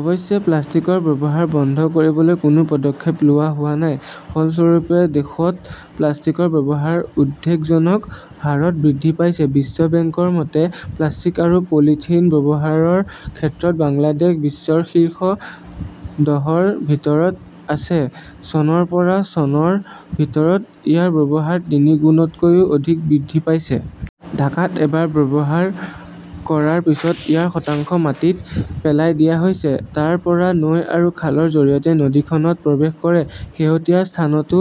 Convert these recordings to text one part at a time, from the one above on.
অৱশ্যে, প্লাষ্টিকৰ ব্যৱহাৰ বন্ধ কৰিবলৈ কোনো পদক্ষেপ লোৱা হোৱা নাই। ফলস্বৰূপে, দেশত প্লাষ্টিকৰ ব্যৱহাৰ উদ্বেগজনক হাৰত বৃদ্ধি পাইছে। বিশ্ব বেংকৰ মতে, প্লাষ্টিক আৰু পলিথিন ব্যৱহাৰৰ ক্ষেত্ৰত বাংলাদেশ বিশ্বৰ শীৰ্ষ দহৰ ভিতৰত আছে। চনৰ পৰা চনৰ ভিতৰত ইয়াৰ ব্যৱহাৰ তিনিগুণতকৈও অধিক বৃদ্ধি পাইছে। ঢাকাত এবাৰ ব্যৱহাৰ কৰাৰ পিছত ইয়াৰ শতাংশ মাটিত পেলাই দিয়া হৈছে। তাৰ পৰা নৈ আৰু খালৰ জৰিয়তে নদীখনত প্ৰৱেশ কৰে। শেহতীয়া স্থানটো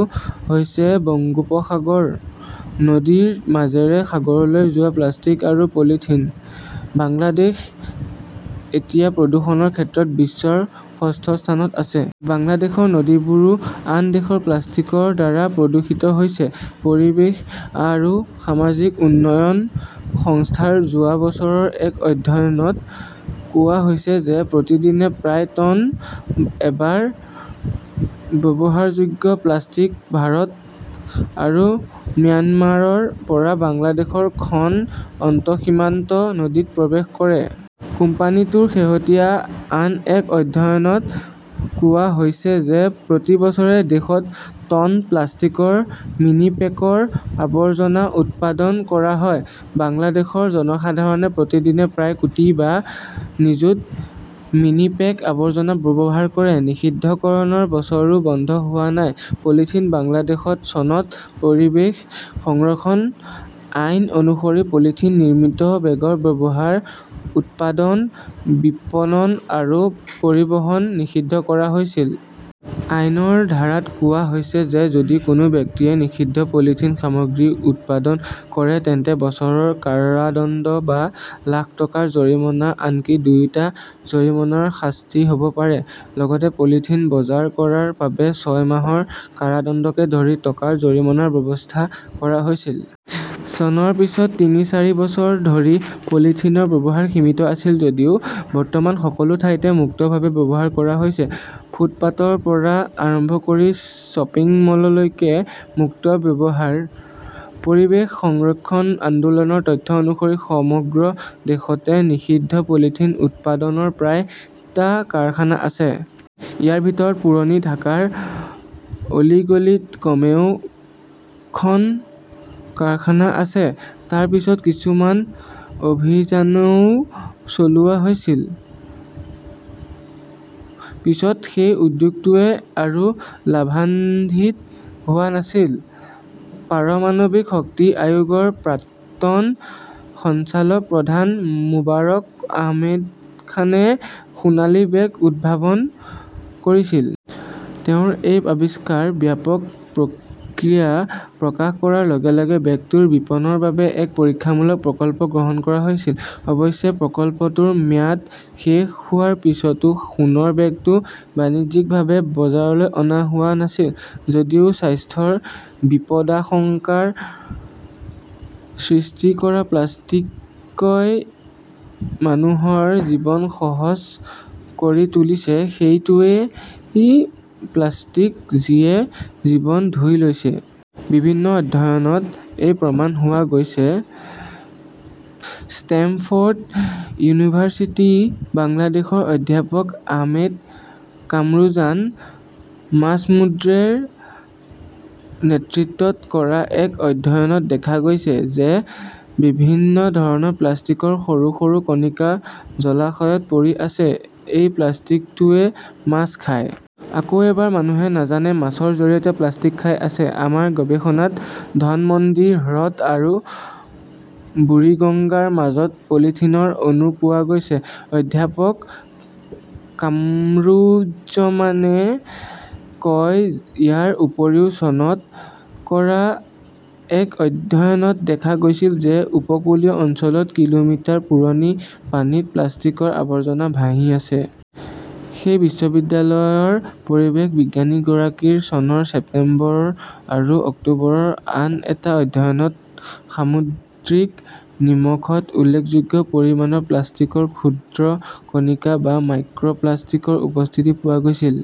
হৈছে বংগোপসাগৰ। নদীৰ মাজেৰে সাগৰলৈ যোৱা প্লাষ্টিক আৰু পলিথিন। বাংলাদেশ এতিয়া প্ৰদূষণৰ ক্ষেত্ৰত বিশ্বৰ ষষ্ঠ স্থানত আছে। বাংলাদেশৰ নদীবোৰো আন দেশৰ প্লাষ্টিকৰ দ্বাৰা প্ৰদূষিত হৈছে। পৰিৱেশ আৰু সামাজিক উন্নয়ন সংস্থাৰ যোৱা বছৰৰ এক অধ্যয়নত কোৱা হৈছে যে প্ৰতিদিনে প্ৰায় টন এবাৰ ব্যৱহাৰযোগ্য প্লাষ্টিক ভাৰত আৰু ম্যানমাৰৰ পৰা বাংলাদেশৰ খন আন্তঃসীমান্ত নদীত প্ৰৱেশ কৰে। কোম্পানীটোৰ শেহতীয়া আন এক অধ্যয়নত কোৱা হৈছে যে প্ৰতি বছৰে দেশত টন প্লাষ্টিকৰ মিনিপেকৰ আৱৰ্জনা উৎপাদন কৰা হয়। বাংলাদেশৰ জনসাধাৰণে প্ৰতিদিনে প্ৰায় কোটি বা নিযুত মিনিপেক আৱৰ্জনা ব্যৱহাৰ কৰে। নিষিদ্ধকৰণৰ বছৰো বন্ধ হোৱা নাই পলিথিন বাংলাদেশত চনত পৰিৱেশ সংৰক্ষণ আইন- অনুসৰি পলিথিন নিৰ্মিত বেগৰ ব্যৱহাৰ, উৎপাদন, বিপণন আৰু পৰিবহণ নিষিদ্ধ কৰা হৈছিল। আইনৰ ধাৰাত কোৱা হৈছে যে যদি কোনো ব্যক্তিয়ে নিষিদ্ধ পলিথিন সামগ্ৰী উৎপাদন কৰে তেন্তে বছৰৰ কাৰাদণ্ড বা লাখ টকাৰ জৰিমনা, আনকি দুয়োটা জৰিমনাৰ শাস্তি হ 'ব পাৰে। লগতে পলিথিন বজাৰ কৰাৰ বাবে ছয় মাহৰ কাৰাদণ্ডকে ধৰি টকাৰ জৰিমনাৰ ব্যৱস্থা কৰা হৈছিল। চনৰ পিছত তিনি-চাৰি বছৰ ধৰি পলিথিনৰ ব্যৱহাৰ সীমিত আছিল যদিও বৰ্তমান সকলো ঠাইতে মুক্তভাৱে ব্যৱহাৰ কৰা হৈছে। ফুটপাতৰ পৰা আৰম্ভ কৰি শ্বপিং মললৈকে মুক্ত ব্যৱহাৰ। পৰিৱেশ সংৰক্ষণ আন্দোলনৰ তথ্য অনুসৰি সমগ্ৰ দেশতে নিষিদ্ধ পলিথিন উৎপাদনৰ প্ৰায় টা কাৰখানা আছে। ইয়াৰ ভিতৰত পুৰণি ঢাকাৰ অলিগলীত কমেও খন কাৰখানা আছে। তাৰ পিছত কিছুমান অভিযানও চলোৱা হৈছিল। পিছত সেই উদ্যোগটোৱে আৰু লাভান্বিত হোৱা নাছিল। পাৰমাণৱিক শক্তি আয়োগৰ প্ৰাক্তন সঞ্চালক প্ৰধান মোবাৰক আহমেদ খানে সোণালী বেগ উদ্ভাৱন কৰিছিল। তেওঁৰ এই আৱিষ্কাৰে ব্যাপক প্ৰতিক্ৰিয়া প্ৰকাশ কৰাৰ লগে লগে বেগটোৰ বিপণনৰ বাবে এক পৰীক্ষামূলক প্ৰকল্প গ্ৰহণ কৰা হৈছিল। অৱশ্যে, প্ৰকল্পটোৰ ম্যাদ শেষ হোৱাৰ পিছতো সোণৰ বেগটো বাণিজ্যিকভাৱে বজাৰলৈ অনা হোৱা নাছিল। যদিও স্বাস্থ্যৰ বিপদাশংকাৰ সৃষ্টি কৰা প্লাষ্টিকই মানুহৰ জীৱন সহজ কৰি তুলিছে, সেইটোৱেই প্লাষ্টিক যিয়ে জীৱন ধুই লৈছে। বিভিন্ন অধ্যয়নত এই প্ৰমাণ পোৱা গৈছে। ষ্টেমফৰ্ড ইউনিভাৰ্চিটি বাংলাদেশৰ অধ্যাপক আহমেদ কামৰুজান মাজমুদ্ৰেৰ নেতৃত্বত কৰা এক অধ্যয়নত দেখা গৈছে যে বিভিন্ন ধৰণৰ প্লাষ্টিকৰ সৰু সৰু কণিকা জলাশয়ত পৰি আছে। এই প্লাষ্টিকটোৱে মাছ খায়। আকৌ এবাৰ মানুহে নাজানে মাছৰ জৰিয়তে প্লাষ্টিক খাই আছে। আমাৰ গৱেষণাত ধানমন্ডি হ্ৰদ আৰু বুৰিগঙ্গাৰ মাছত পলিথিনৰ অণু পোৱা গৈছে, অধ্যাপক কামৰুজ্জমানে কয় ইয়াৰ উপৰিও চনত কৰা এক অধ্যয়নত দেখা গৈছিল যে উপকূলীয় অঞ্চলত কিলোমিটাৰ পুৰণি পানীত প্লাষ্টিকৰ আৱৰ্জনা ভাহি আছে। সেই বিশ্ববিদ্যালয়ৰ পৰিৱেশ বিজ্ঞানীগৰাকীৰ চনৰ ছেপ্টেম্বৰ আৰু অক্টোবৰৰ আন এটা অধ্যয়নত সামুদ্ৰিক নিমখত উল্লেখযোগ্য পৰিমাণৰ প্লাষ্টিকৰ ক্ষুদ্ৰ কণিকা বা মাইক্ৰ প্লাষ্টিকৰ উপস্থিতি পোৱা গৈছিল।